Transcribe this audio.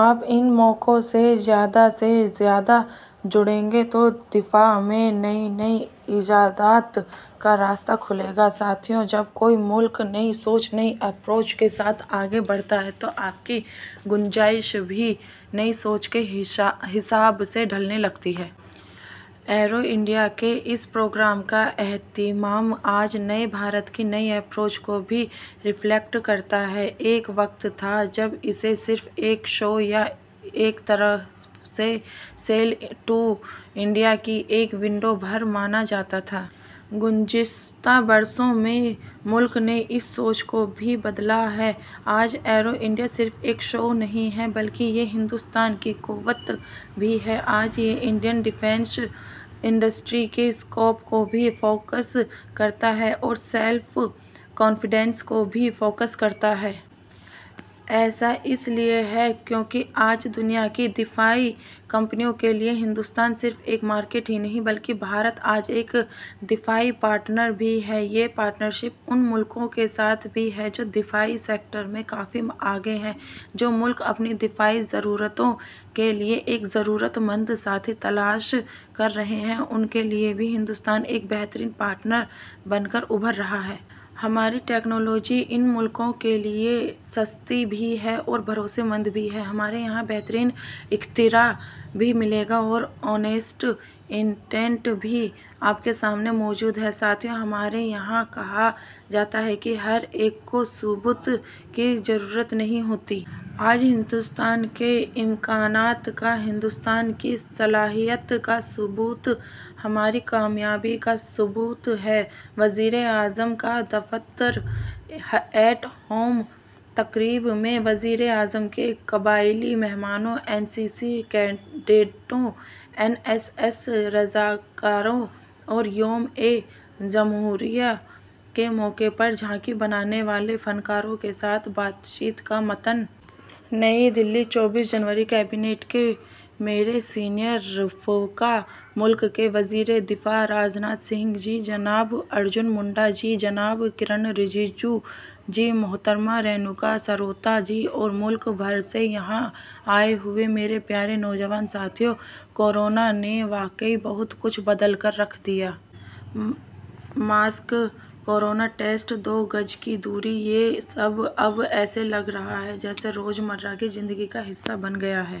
آپ ان مواقع سے زیادہ سے زیادہ جڑیں گے تو دفاع میں نئی نئی ایجادات کا راستہ کھلے گا۔ ساتھیوں، جب کوئی ملک نئی سوچ، نئی اپروچ کے ساتھ آگے بڑھتا ہے تو اس کی گنجائش بھی نئی سوچ کے حساب سے ڈھلنے لگتی ہے۔ ایرو انڈیا کے اس پروگرام کا اہتمام آج نئے بھارت کی نئی اپروچ کو بھی ریفلیکٹ کرتا ہے۔ ایک وقت تھا جب اسے صرف ایک شو یا ایک طرح سے سیل ٹو انڈیا کی ایک ونڈو بھر مانا جاتا تھا۔ گزشتہ برسوں میں ملک نے اس سوچ کو بھی بدلا ہے۔ آج ایرو انڈیا صرف ایک شو نہیں ہے بلکہ یہ ہندوستان کی قوت بھی ہے۔ آج یہ انڈین ڈیفینس انڈسٹری کے اسکوپ کو بھی فوکس کرتا ہے اور سیلف کانفیڈنس کو بھی فوکس کرتا ہے۔ ایسا اس لیے ہے کیونکہ آج دنیا کی دفاعی کمپنیوں کے لیے ہندوستان صرف ایک مارکیٹ ہی نہیں بلکہ بھارت آج ایک دفاعی پارٹنر بھی ہے۔ یہ پارٹنرشپ ان ملکوں کے ساتھ بھی ہے جو دفاعی سیکٹر میں کافی آگے ہیں، جو ملک اپنی دفاعی ضرورتوں کے لیے ایک ضرورت مند ساتھی تلاش کر رہے ہیں، ان کے لیے بھی ہندوستان ایک بہترین پارٹنر بن کر ابھر رہا ہے۔ ہماری ٹیکنالوجی ان ملکوں کے لیے سستی بھی ہے اور بھروسے مند بھی ہے۔ ہمارے یہاں بہترین اختراع بھی ملے گا اور آنسٹ انٹینٹ بھی آپ کے سامنے موجود ہے۔ ساتھیوں، ہمارے یہاں کہا جاتا ہے کہ ہر ایک کو ثبوت کی ضرورت نہیں ہوتی۔ آج ہندوستان کے امکانات کا، ہندوستان کی صلاحیت کا ثبوت، ہماری کامیابی کا ثبوت ہے۔ وزیراعظم کا دفتر، ایٹ ہوم تقریب میں وزیر اعظم کے قبائلی مہمانوں، این سی سی کیڈٹوں، این ایس ایس رضاکاروں اور یومِ جمہوریہ کے موقع پر جھانکی بنانے والے فنکاروں کے ساتھ بات چیت کا متن۔ نئی دہلی، چوبیس جنوری۔ کابینہ کے میرے سینئر رفقا، ملک کے وزیر دفاع راجناتھ سنگھ جی، جناب ارجن منڈا جی، جناب کرن رجیجو جی، محترمہ رینوکا سروٹا جی اور ملک بھر سے یہاں آئے ہوئے میرے پیارے نوجوان ساتھیوں، کرونا نے واقعی بہت کچھ بدل کر رکھ دیا ہے۔ ماسک، کرونا ٹیسٹ، دو گز کی دوری، یہ سب اب ایسے لگ رہا ہے جیسے روزمرہ کی زندگی کا حصہ بن گیا ہے۔